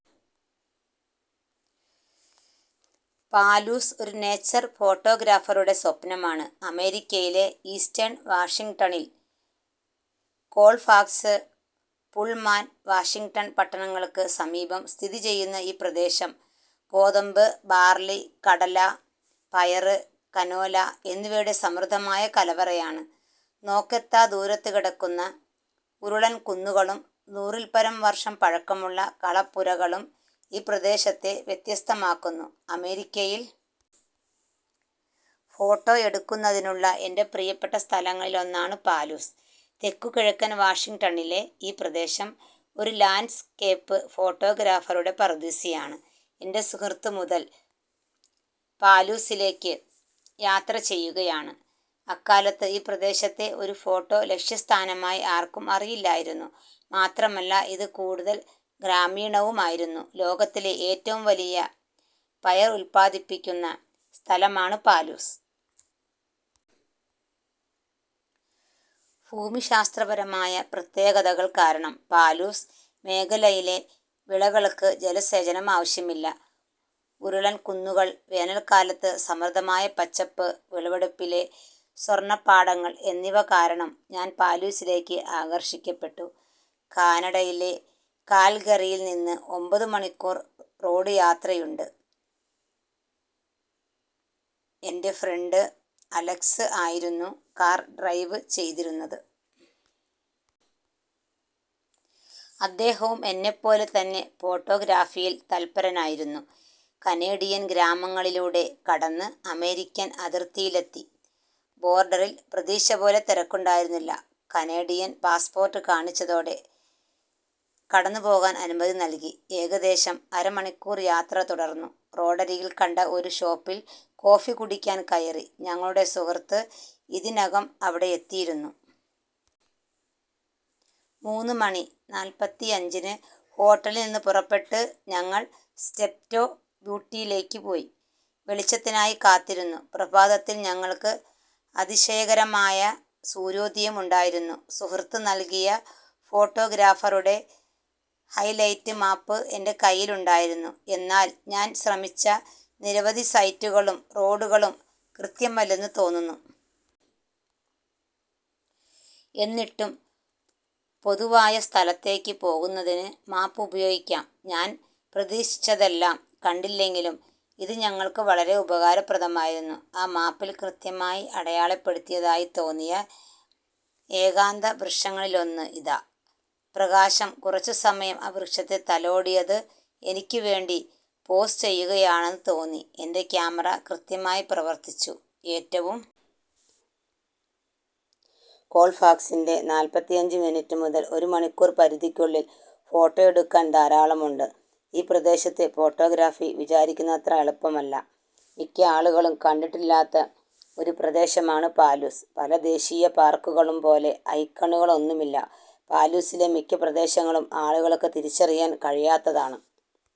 Palouse ഒരു nature ഫോട്ടോഗ്രാഫറുടെ സ്വപ്നമാണ്. അമേരിക്കയിലെ ഈസ്റ്റേൺ വാഷിംഗ്ടണിൽ കോൾഫാക്സ്, പുൾമാൻ വാഷിംഗ്ടൺ പട്ടണങ്ങൾക്ക് സമീപം സ്ഥിതിചെയ്യുന്ന ഈ പ്രദേശം ഗോതമ്പ്, ബാർലി, കടല, പയറ്, കനോല എന്നിവയുടെ സമൃദ്ധമായ കലവറയാണ്. നോക്കെത്താ ദൂരത്തുകിടക്കുന്ന ഉരുളൻ കുന്നുകളും നൂറിൽപരം വർഷം പഴക്കമുള്ള കളപ്പുരകളും ഈ പ്രദേശത്തെ വ്യത്യസ്തമാക്കുന്നു. അമേരിക്കയിൽ ഫോട്ടോ എടുക്കുന്നതിനുള്ള എൻ്റെ പ്രിയപ്പെട്ട സ്ഥലങ്ങളിലൊന്നാണ് പാലൂസ്. തെക്കുകിഴക്കൻ വാഷിംഗ്ടണിലെ ഈ പ്രദേശം ഒരു ലാൻഡ്സ്കേപ്പ് ഫോട്ടോഗ്രാഫറുടെ പറുദീസയാണ്. എൻ്റെ സുഹൃത്ത് മുതൽ പാലൂസിലേക്ക് യാത്ര ചെയ്യുകയാണ്. അക്കാലത്ത് ഈ പ്രദേശത്തെ ഒരു ഫോട്ടോ ലക്ഷ്യസ്ഥാനമായി ആർക്കും അറിയില്ലായിരുന്നു. മാത്രമല്ല ഇത് കൂടുതൽ ഗ്രാമീണവുമായിരുന്നു. ലോകത്തിലെ ഏറ്റവും വലിയ പയർ ഉത്പാദിപ്പിക്കുന്ന സ്ഥലമാണ് പാലൂസ്. ഭൂമിശാസ്ത്രപരമായ പ്രത്യേകതകൾ കാരണം പാലൂസ് മേഖലയിലെ വിളകൾക്ക് ജലസേചനം ആവശ്യമില്ല. ഉരുളൻ കുന്നുകൾ വേനൽക്കാലത്ത് സമൃദ്ധമായ പച്ചപ്പ് വിളവെടുപ്പിലെ സ്വർണ പാടങ്ങൾ എന്നിവ കാരണം ഞാൻ പാലൂസിലേക്ക് ആകർഷിക്കപ്പെട്ടു. കാനഡയിലെ കാൽഗറിയിൽ നിന്ന് ഒമ്പത് മണിക്കൂർ റോഡ് യാത്രയുണ്ട്. എൻ്റെ ഫ്രണ്ട് അലക്സ് ആയിരുന്നു കാർ ഡ്രൈവ് ചെയ്തിരുന്നത്. അദ്ദേഹവും എന്നെപ്പോലെ തന്നെ ഫോട്ടോഗ്രാഫിയിൽ തൽപരനായിരുന്നു. കനേഡിയൻ ഗ്രാമങ്ങളിലൂടെ കടന്ന് അമേരിക്കൻ അതിർത്തിയിലെത്തി. ബോർഡറിൽ പ്രതീക്ഷിച്ചപോലെ തിരക്കുണ്ടായിരുന്നില്ല. കനേഡിയൻ പാസ്പോർട്ട് കാണിച്ചതോടെ കടന്നുപോകാൻ അനുമതി നൽകി. ഏകദേശം അര മണിക്കൂർ യാത്ര തുടർന്നു. റോഡരികിൽ കണ്ട ഒരു ഷോപ്പിൽ കോഫി കുടിക്കാൻ കയറി. ഞങ്ങളുടെ സുഹൃത്ത് ഇതിനകം അവിടെ എത്തിയിരുന്നു. മൂന്ന് മണി നാൽപ്പത്തിയഞ്ചിന് ഹോട്ടലിൽ നിന്ന് പുറപ്പെട്ട് ഞങ്ങൾ സ്റ്റെപ്റ്റോ ബ്യൂട്ടിലേക്ക് പോയി വെളിച്ചത്തിനായി കാത്തിരുന്നു. പ്രഭാതത്തിൽ ഞങ്ങൾക്ക് അതിശയകരമായ സൂര്യോദയം ഉണ്ടായിരുന്നു. സുഹൃത്ത് നൽകിയ ഫോട്ടോഗ്രാഫറുടെ ഹൈലൈറ്റ് മാപ്പ് എൻ്റെ കയ്യിൽ ഉണ്ടായിരുന്നു. എന്നാൽ ഞാൻ ശ്രമിച്ച നിരവധി സൈറ്റുകളും റോഡുകളും കൃത്യമല്ലെന്ന് തോന്നുന്നു. എന്നിട്ടും പൊതുവായ സ്ഥലത്തേക്ക് പോകുന്നതിന് മാപ്പ് ഉപയോഗിക്കാം. ഞാൻ പ്രതീക്ഷിച്ചതെല്ലാം കണ്ടില്ലെങ്കിലും ഇത് ഞങ്ങൾക്ക് വളരെ ഉപകാരപ്രദമായിരുന്നു.ആ മാപ്പിൽ കൃത്യമായി അടയാളപ്പെടുത്തിയതായി തോന്നിയ ഏകാന്ത വൃക്ഷങ്ങളിലൊന്ന് ഇതാ. പ്രകാശം കുറച്ചുസമയം ആ വൃക്ഷത്തെ തലോടിയത് എനിക്ക് വേണ്ടി പോസ് ചെയ്യുകയാണെന്ന് തോന്നി. എൻ്റെ ക്യാമറ കൃത്യമായി പ്രവർത്തിച്ചു. ഏറ്റവും കോൾഫാക്സിൻ്റെ നാൽപ്പത്തിയഞ്ച് മിനിറ്റ് മുതൽ ഒരു മണിക്കൂർ പരിധിക്കുള്ളിൽ ഫോട്ടോ എടുക്കാൻ ധാരാളം ഉണ്ട്.ഈ പ്രദേശത്തെ ഫോട്ടോഗ്രാഫി വിചാരിക്കുന്നത്ര എളുപ്പമല്ല. മിക്ക ആളുകളും കണ്ടിട്ടില്ലാത്ത ഒരു പ്രദേശമാണ് പാലൂസ്. പല ദേശീയ പാർക്കുകളും പോലെ ഐക്കണുകളൊന്നുമില്ല. പാലൂസിലെ മിക്ക പ്രദേശങ്ങളും ആളുകൾക്ക് തിരിച്ചറിയാൻ കഴിയാത്തതാണ്.